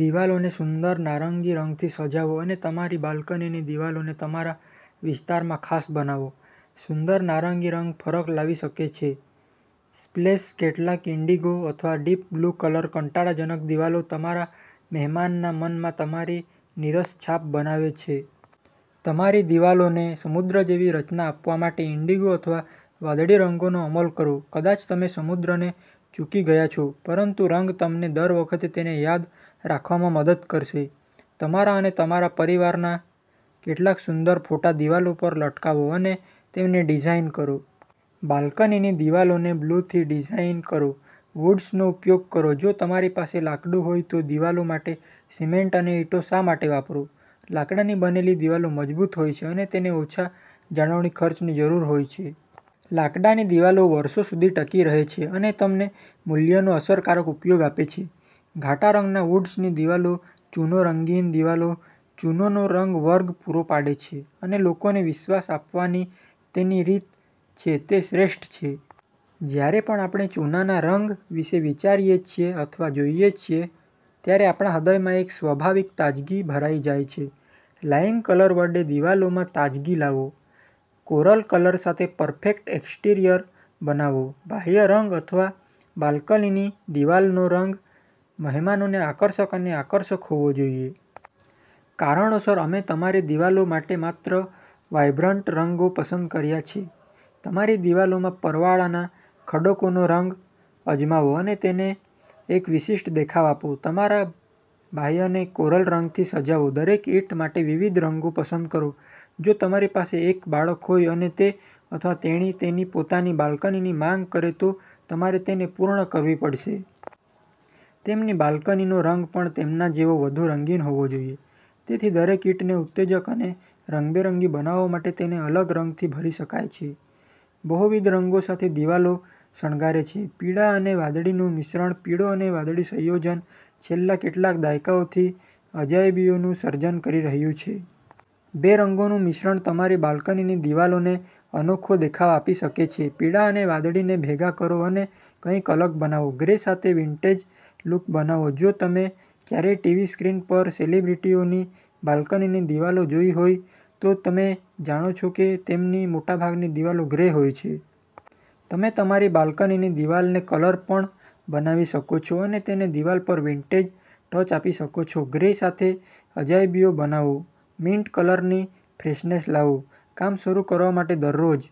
દિવાલોને સુંદર નારંગી રંગથી સજાવો અને તમારી બાલ્કનીની દિવાલોને તમારા વિસ્તારમાં ખાસ બનાવો. સુંદર નારંગી રંગ ફરક લાવી શકે છે સ્પ્લેશ કેટલાક ઈન્ડિગો અથવા ડીપ બ્લુ કલર કંટાળાજનક દિવાલો તમારા મહેમાનના મનમાં તમારી નીરસ છાપ બનાવે છે. તમારી દિવાલોને સમુદ્ર જેવી રચના આપવા માટે ઈન્ડિગો અથવા વાદળી રંગોનો અમલ કરો. કદાચ તમે સમુદ્રને ચૂકી ગયા છો, પરંતુરંગ તમને દર વખતે તેને યાદ રાખવામાં મદદ કરશે. તમારા અને તમારા પરિવારના કેટલાક સુંદર ફોટા દિવાલો પર લટકાવો અને તેમને ડિઝાઇન કરો. બાલ્કનીની દિવાલોને બ્લુથી ડિઝાઇન કરો વુડ્સનો ઉપયોગ કરો જો તમારી પાસે લાકડું હોય તો દિવાલો માટે સિમેન્ટ અને ઇંટો શા માટે વાપરો? લાકડાની બનેલી દિવાલો મજબૂત હોય છે અને તેને ઓછા જાળવણી ખર્ચની જરૂર હોય છે. લાકડાની દિવાલો વર્ષો સુધી ટકી રહે છે અને તમને મૂલ્યનો અસરકારક ઉપયોગ આપે છે. ઘાટા રંગના વૂડ્સની દિવાલો ચૂનો રંગીન દિવાલો ચૂનોનો રંગ વર્ગ પૂરો પાડે છે અને લોકોને વિશ્વાસ અપાવવાની તેની રીત છે કે તે શ્રેષ્ઠ છે. જ્યારે પણ આપણેચૂનાના રંગ વિશે વિચારીએ છીએ અથવા જોઈએ છીએ ત્યારે આપણા હૃદયમાં એક સ્વાભાવિક તાજગી ભરાઈ જાય છે. લાઇમ કલર વડે દિવાલોમાં તાજગી લાવો કોરલ કલર સાથે પરફેક્ટ એક્સટીરીયર બનાવો બાહ્ય રંગ અથવા બાલ્કનીની દિવાલનો રંગ મહેમાનોને આકર્ષક અને આકર્ષક હોવો જોઈએ. કારણોસર, અમે તમારી દિવાલો માટે માત્ર વાઇબ્રન્ટ રંગો પસંદ કર્યા છે. તમારી દિવાલોમાં પરવાળાના ખડકોનોરંગ અજમાવો અને તેને એક વિશિષ્ટ દેખાવ આપો. તમારા બાહ્યને કોરલ રંગથી સજાવો દરેક ઈંટ માટે વિવિધ રંગો પસંદ કરો જો તમારી પાસે એક બાળક હોય અને તે અથવા તેણી તેની પોતાની બાલ્કનીની માંગ કરે, તો તમારે તેને પૂર્ણ કરવી પડશે. તેમની બાલ્કનીનો રંગ પણ તેમના જેવો, વધુ રંગીન હોવો જોઈએ. તેથી, દરેક ઈંટને ઉત્તેજક અને રંગબેરંગી બનાવવા માટે તેને અલગ રંગથી ભરી શકાય છે. બહુવિધ રંગો સાથે દિવાલો શણગારે છે પીળા અને વાદળીનું મિશ્રણ પીળો અને વાદળી સંયોજન છેલ્લા કેટલાક દાયકાઓથી અજાયબીઓનું સર્જન કરી રહ્યું છે. બે રંગોનું મિશ્રણ તમારી બાલ્કનીની દિવાલોને અનોખો દેખાવ આપી શકે છે. પીળા અને વાદળીને ભેગા કરો અને કંઈક અલગ બનાવો ગ્રે સાથે વિન્ટેજ લુક બનાવો જો તમે ક્યારેય ટીવી સ્ક્રીન પર સેલિબ્રિટીઓની બાલ્કનીની દિવાલો જોઈ હોય, તો તમે જાણો છો કે તેમની મોટાભાગની દિવાલો ગ્રે હોય છે. તમે તમારી બાલ્કનીની દિવાલને કલર પણ બનાવી શકો છો અને તેને દિવાલ પર વિન્ટેજ ટચ આપી શકો છો. ગ્રે સાથે અજાયબીઓ બનાવો મિન્ટ કલરની ફ્રેશનેસ લાવો કામ શરૂ કરવા માટે દરરોજ